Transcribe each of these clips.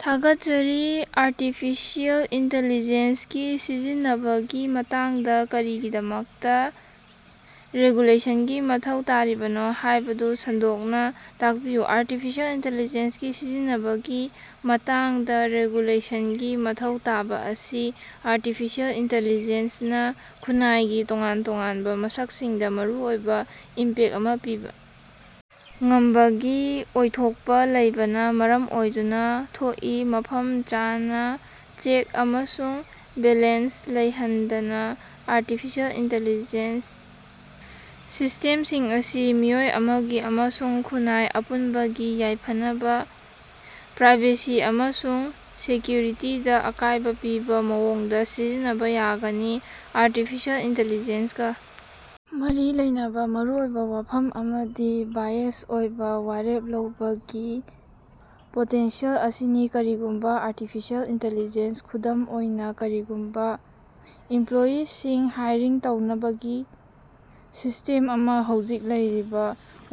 ꯊꯥꯒꯠꯆꯔꯤ artificial intelligence ꯀꯤ ꯁꯤꯖꯤꯟꯅꯕꯒꯤ ꯃꯇꯥꯡꯗ ꯀꯔꯤꯒꯤꯗꯃꯛꯇ ꯔꯦꯒꯨꯂꯦꯁꯟꯒꯤ ꯃꯊꯧ ꯇꯥꯔꯤꯕꯅꯣ ꯍꯥꯏꯕꯗꯨ ꯁꯟꯗꯣꯛꯅ ꯇꯥꯛꯄꯤꯌꯨ? ꯑꯥꯔꯇꯤꯐꯤꯁꯤꯑꯦꯜ ꯏꯟꯇꯤꯂꯤꯖꯦꯟꯁ ꯀꯤ ꯁꯤꯖꯤꯟꯅꯕꯒꯤ ꯃꯇꯥꯡꯗ ꯔꯦꯒꯨꯂꯦꯁꯟꯒꯤ ꯃꯊꯧ ꯇꯥꯕ ꯑꯁꯤ ꯑꯥꯔꯇꯤꯐꯤꯁꯤꯑꯦꯜ ꯏꯟꯇꯤꯂꯤꯖꯦꯟꯁ ꯅꯥ ꯈꯨꯟꯅꯥꯏꯒꯤ ꯇꯣꯉꯥꯟ ꯇꯣꯉꯥꯟꯕ ꯃꯁꯛꯁꯤꯡꯗ ꯃꯔꯨꯑꯣꯏꯕ ꯏꯝꯄꯦꯛꯇ ꯑꯃ ꯄꯤꯕ ꯉꯝꯕꯒꯤ ꯑꯣꯏꯊꯣꯛꯄ ꯂꯩꯕꯅ ꯃꯔꯝ ꯑꯣꯏꯗꯨꯅ ꯊꯣꯛꯏ꯫ ꯃꯐꯝ ꯆꯥꯅ ꯆꯦꯛ ꯑꯃꯁꯨꯡ ꯕꯦꯂꯦꯟꯁ ꯂꯩꯍꯟꯗꯅ, ꯑꯥꯔꯇꯤꯐꯤꯁꯤꯑꯦꯜ ꯏꯟꯇꯤꯂꯤꯖꯦꯟꯁ ꯁꯤꯁ꯭ꯇꯦꯝꯁꯤꯡ ꯑꯁꯤ ꯃꯤꯑꯣꯏ ꯑꯃꯒꯤ ꯑꯃꯁꯨꯡ ꯈꯨꯟꯅꯥꯏ ꯑꯄꯨꯟꯕꯒꯤ ꯌꯥꯏꯐꯅꯕ, ꯄ꯭ꯔꯥꯏꯚꯦꯁꯤ ꯑꯃꯁꯨꯡ ꯁꯦꯀ꯭ꯌꯨꯔꯤꯇꯤꯗ ꯑꯀꯥꯏꯕ ꯄꯤꯕ ꯃꯑꯣꯡꯗ ꯁꯤꯖꯤꯟꯅꯕ ꯌꯥꯒꯅꯤ꯫ ꯑꯥꯔꯇꯤꯐꯤꯁꯤꯑꯦꯜ ꯏꯟꯇꯤꯂꯤꯖꯦꯟꯁ ꯒꯥ ꯃꯔꯤ ꯂꯩꯅꯕ ꯃꯔꯨꯑꯣꯏꯕ ꯋꯥꯐꯝ ꯑꯃꯗꯤ ꯕꯥꯏꯑꯦꯖ ꯑꯣꯏꯕ ꯋꯥꯔꯦꯞ ꯂꯧꯕꯒꯤ ꯄꯣꯇꯦꯟꯁꯤꯌꯦꯜ ꯑꯁꯤꯅꯤ꯫ ꯀꯔꯤꯒꯨꯝꯕ ꯑꯥꯔꯇꯤꯐꯤꯁꯤꯑꯦꯜ ꯏꯟꯇꯤꯂꯤꯖꯦꯟꯁ ꯈꯨꯗꯝ ꯑꯣꯏꯅ, ꯀꯔꯤꯒꯨꯝꯕ ꯏꯝꯄ꯭ꯂꯣꯌꯤꯁꯤꯡ ꯍꯥꯏꯔꯤꯡ ꯇꯧꯅꯕꯒꯤ ꯁꯤꯁ꯭ꯇꯦꯝ ꯑꯃ ꯍꯧꯖꯤꯛ ꯂꯩꯔꯤꯕ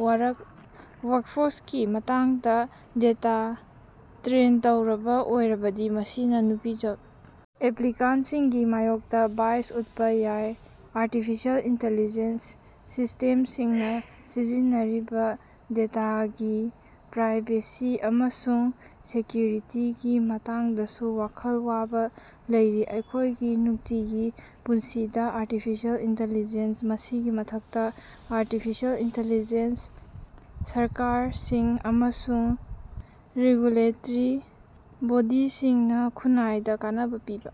ꯋꯥ꯭ꯔꯛꯐꯣꯔꯁꯀꯤ ꯃꯇꯥꯡꯗ ꯗꯦꯇꯥꯗ ꯇ꯭ꯔꯦꯟ ꯇꯧꯔꯕ ꯑꯣꯏꯔꯕꯗꯤ, ꯃꯁꯤꯅ ꯅꯨꯄꯤ ꯖꯕ ꯑꯦꯄ꯭ꯂꯤꯀꯥꯟꯇꯁꯤꯡꯒꯤ ꯃꯥꯌꯣꯛꯇ ꯕꯥꯏꯁ ꯎꯠꯄ ꯌꯥꯏ꯫ ꯑꯥꯔꯇꯤꯐꯤꯁꯤꯑꯦꯜ ꯏꯟꯇꯤꯂꯤꯖꯦꯟꯁ ꯁꯤꯁ꯭ꯇꯦꯝꯁꯤꯡꯅ ꯁꯤꯖꯤꯟꯅꯔꯤꯕ ꯗꯦꯇꯥꯒꯤ ꯄ꯭ꯔꯥꯏꯕꯦꯁꯤ ꯑꯃꯁꯨꯡ ꯁꯦꯀ꯭ꯌꯨꯔꯤꯇꯤꯒꯤ ꯃꯇꯥꯡꯗꯁꯨ ꯋꯥꯈꯜ ꯋꯥꯕꯥ ꯂꯩꯔꯤ꯫ ꯑꯩꯈꯣꯏꯒꯤ ꯅꯨꯡꯇꯤꯒꯤ ꯄꯨꯟꯁꯤꯗ ꯑꯥꯔꯇꯤꯐꯤꯁꯤꯑꯦꯜ ꯏꯟꯇꯤꯂꯤꯖꯦꯟꯁ ꯃꯁꯤꯒꯤ ꯃꯊꯛꯇ, ꯑꯥꯔꯇꯤꯐꯤꯁꯤꯑꯦꯜ ꯏꯟꯇꯤꯂꯤꯖꯦꯟꯁ ꯁꯔꯀꯥꯔꯁꯤꯡ ꯑꯃꯁꯨꯡ ꯔꯦꯒꯨꯂꯦꯇ꯭ꯔꯤ ꯕꯣꯗꯤꯁꯤꯡꯅ ꯈꯨꯟꯅꯥꯏꯗ ꯀꯥꯟꯅꯕ ꯄꯤꯕ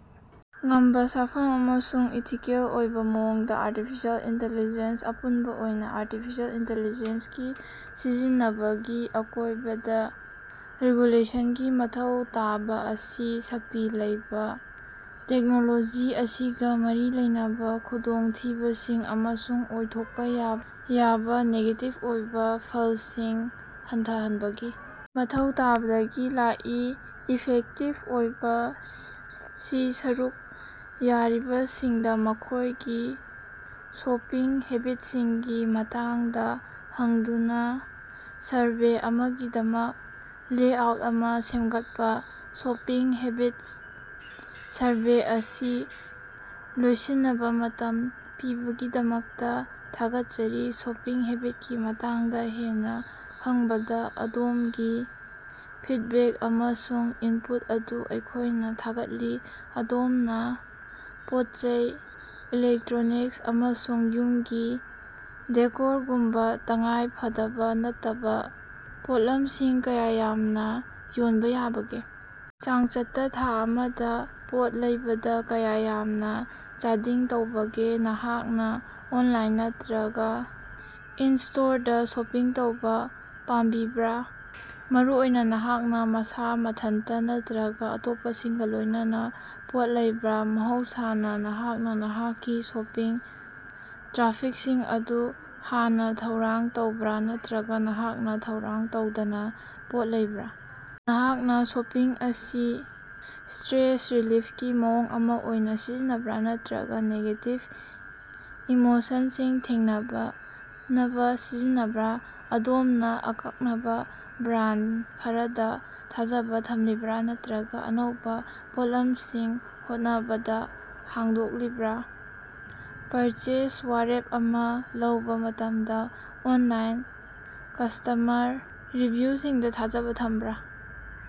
ꯉꯝꯕ ꯁꯥꯐꯕ ꯑꯃꯁꯨꯡ ꯏꯊꯤꯀꯦꯜ ꯑꯣꯏꯕ ꯃꯑꯣꯡꯗ‌ ꯑꯥꯔꯇꯤꯐꯤꯁꯤꯑꯦꯜ ꯏꯟꯇꯤꯂꯤꯖꯦꯟꯁ ꯑꯄꯨꯟꯕ ꯑꯣꯏꯅ, ꯑꯥꯔꯇꯤꯐꯤꯁꯤꯑꯦꯜ ꯏꯟꯇꯤꯂꯤꯖꯦꯟꯁ ꯀꯤ ꯁꯤꯖꯤꯟꯅꯕꯒꯤ ꯑꯀꯣꯏꯕꯗ ꯔꯤꯒꯨꯂꯦꯁꯟꯒꯤ ꯃꯊꯧ ꯇꯥꯕ ꯑꯁꯤ ꯁꯛꯇꯤ ꯂꯩꯕ ꯇꯦꯛꯅꯣꯂꯣꯖꯤ ꯑꯁꯤꯒ ꯃꯔꯤ ꯂꯩꯅꯕ ꯈꯨꯗꯣꯡꯊꯤꯕꯁꯤꯡ ꯑꯃꯁꯨꯡ ꯑꯣꯏꯊꯣꯛꯄ ꯌꯥꯕ ꯅꯦꯒꯦꯇꯤꯕ ꯑꯣꯏꯕ ꯐꯜꯁꯤꯡ ꯍꯟꯊꯍꯟꯕꯒꯤ ꯃꯊꯧ ꯇꯥꯕꯗꯒꯤ ꯂꯥꯛꯏ꯫ ꯏꯐꯦꯛꯇꯤꯕ ꯑꯣꯏꯕ ꯁꯤ ꯁꯔꯨꯛ ꯌꯥꯔꯤꯕꯁꯤꯡꯗ ꯃꯈꯣꯏꯒꯤ ꯁꯣꯄꯤꯡ ꯍꯦꯕꯤꯠꯁꯤꯡꯒꯤ ꯃꯇꯥꯡꯗ ꯍꯪꯗꯨꯅ ꯁꯔꯚꯦ ꯑꯃꯒꯤꯗꯃꯛ ꯂꯦꯑꯥꯎꯠ ꯑꯃ ꯁꯦꯝꯒꯠꯄ꯫ ꯁꯣꯄꯤꯡ ꯍꯦꯕꯤꯠꯁ ꯁꯔꯚꯦ ꯑꯁꯤ ꯂꯣꯏꯁꯤꯟꯅꯕ ꯃꯇꯝ ꯄꯤꯕꯒꯤꯗꯃꯛꯇ ꯊꯥꯒꯠꯆꯔꯤ꯫ ꯁꯣꯄꯤꯡ ꯍꯦꯕꯤꯠꯀꯤ ꯃꯇꯥꯡꯗ ꯍꯦꯟꯅ ꯈꯪꯕꯗ ꯑꯗꯣꯝꯒꯤ ꯐꯤꯗꯕꯦꯛ ꯑꯃꯁꯨꯡ ꯏꯟꯄꯨꯠ ꯑꯗꯨ ꯑꯩꯈꯣꯏꯅ ꯊꯥꯒꯠꯂꯤ꯫ ꯑꯗꯣꯝꯅ ꯄꯣꯠꯆꯩ, ꯏꯂꯦꯛꯇ꯭ꯔꯣꯅꯤꯛꯁ, ꯑꯃꯁꯨꯡ ꯌꯨꯝꯒꯤ ꯗꯦꯀꯣꯔꯒꯨꯝꯕ ꯇꯉꯥꯏ ꯐꯗꯕ ꯅꯠꯇꯕ ꯄꯣꯠꯂꯝꯁꯤꯡ ꯀꯌꯥ ꯌꯥꯝꯅ ꯌꯣꯟꯕ ꯌꯥꯕꯒꯦ? ꯆꯥꯡꯆꯠꯇ ꯊꯥ ꯑꯃꯗ ꯄꯣꯠ ꯂꯩꯕꯗ ꯀꯌꯥ ꯌꯥꯝꯅ ꯆꯥꯗꯤꯡ ꯇꯧꯕꯒꯦ? ꯅꯍꯥꯛꯅ ꯑꯣꯟꯂꯥꯏꯟ ꯅꯠꯇꯔꯒ ꯏꯟ-ꯁ꯭ꯇꯣꯔꯗ ꯁꯣꯄꯤꯡ ꯇꯧꯕ ꯄꯥꯝꯕꯤꯕ꯭ꯔꯥ? ꯃꯔꯨꯑꯣꯏꯅ ꯅꯍꯥꯛꯅ ꯃꯁꯥ ꯃꯊꯟꯇ ꯅꯠꯇꯔꯒ ꯑꯇꯣꯞꯄꯁꯤꯡꯒ ꯂꯣꯏꯅꯅ ꯄꯣꯠ ꯂꯩꯕ꯭ꯔꯥ? ꯃꯍꯧꯁꯥꯅ ꯅꯍꯥꯛꯅ ꯅꯍꯥꯛꯀꯤ ꯁꯣꯄꯤꯡ ꯇ꯭ꯔꯥꯐꯤꯛꯁꯤꯡ ꯑꯗꯨ ꯍꯥꯟꯅ ꯊꯧꯔꯥꯡ ꯇꯧꯕ꯭ꯔꯥ ꯅꯠꯇꯔꯒ ꯅꯍꯥꯛꯅ ꯊꯧꯔꯥꯡ ꯇꯧꯗꯅ ꯄꯣꯠ ꯂꯩꯕ꯭ꯔꯥ? ꯅꯍꯥꯛꯅ ꯁꯣꯄꯤꯡ ꯑꯁꯤ ꯁ꯭ꯇꯔꯦꯁ ꯔꯤꯂꯤꯐꯀꯤ ꯃꯑꯣꯡ ꯑꯃ ꯑꯣꯏꯅ ꯁꯤꯖꯤꯟꯅꯕ꯭ꯔꯥ ꯅꯠꯇꯔꯒ ꯅꯦꯒꯦꯇꯤꯚ ꯏꯃꯣꯁꯟꯁꯤꯡ ꯊꯦꯡꯅꯅꯕ ꯁꯤꯖꯤꯟꯅꯕ꯭ꯔꯥ? ꯑꯗꯣꯝꯅ ꯑꯀꯛꯅꯕ ꯕ꯭ꯔꯥꯟꯗ ꯈꯔꯗ ꯊꯥꯖꯕ‌ ꯊꯝꯂꯤꯕꯔꯥ ꯅꯠꯇꯔꯒ ꯑꯅꯧꯕ ꯄꯣꯠꯂꯝꯁꯤꯡ ꯍꯣꯠꯅꯕꯗ ꯍꯥꯡꯗꯣꯛꯂꯤꯕꯔꯥ? ꯄꯔꯆꯦꯖ ꯋꯥꯔꯦꯞ ꯑꯃ ꯂꯧꯕ ꯃꯇꯝꯗ ꯑꯣꯟꯂꯥꯏꯟ ꯀꯁ꯭ꯇꯃꯔ ꯔꯤꯚꯤꯌꯨꯁꯤꯡꯗ ꯊꯥꯖꯕ ꯊꯝꯕꯔꯥ?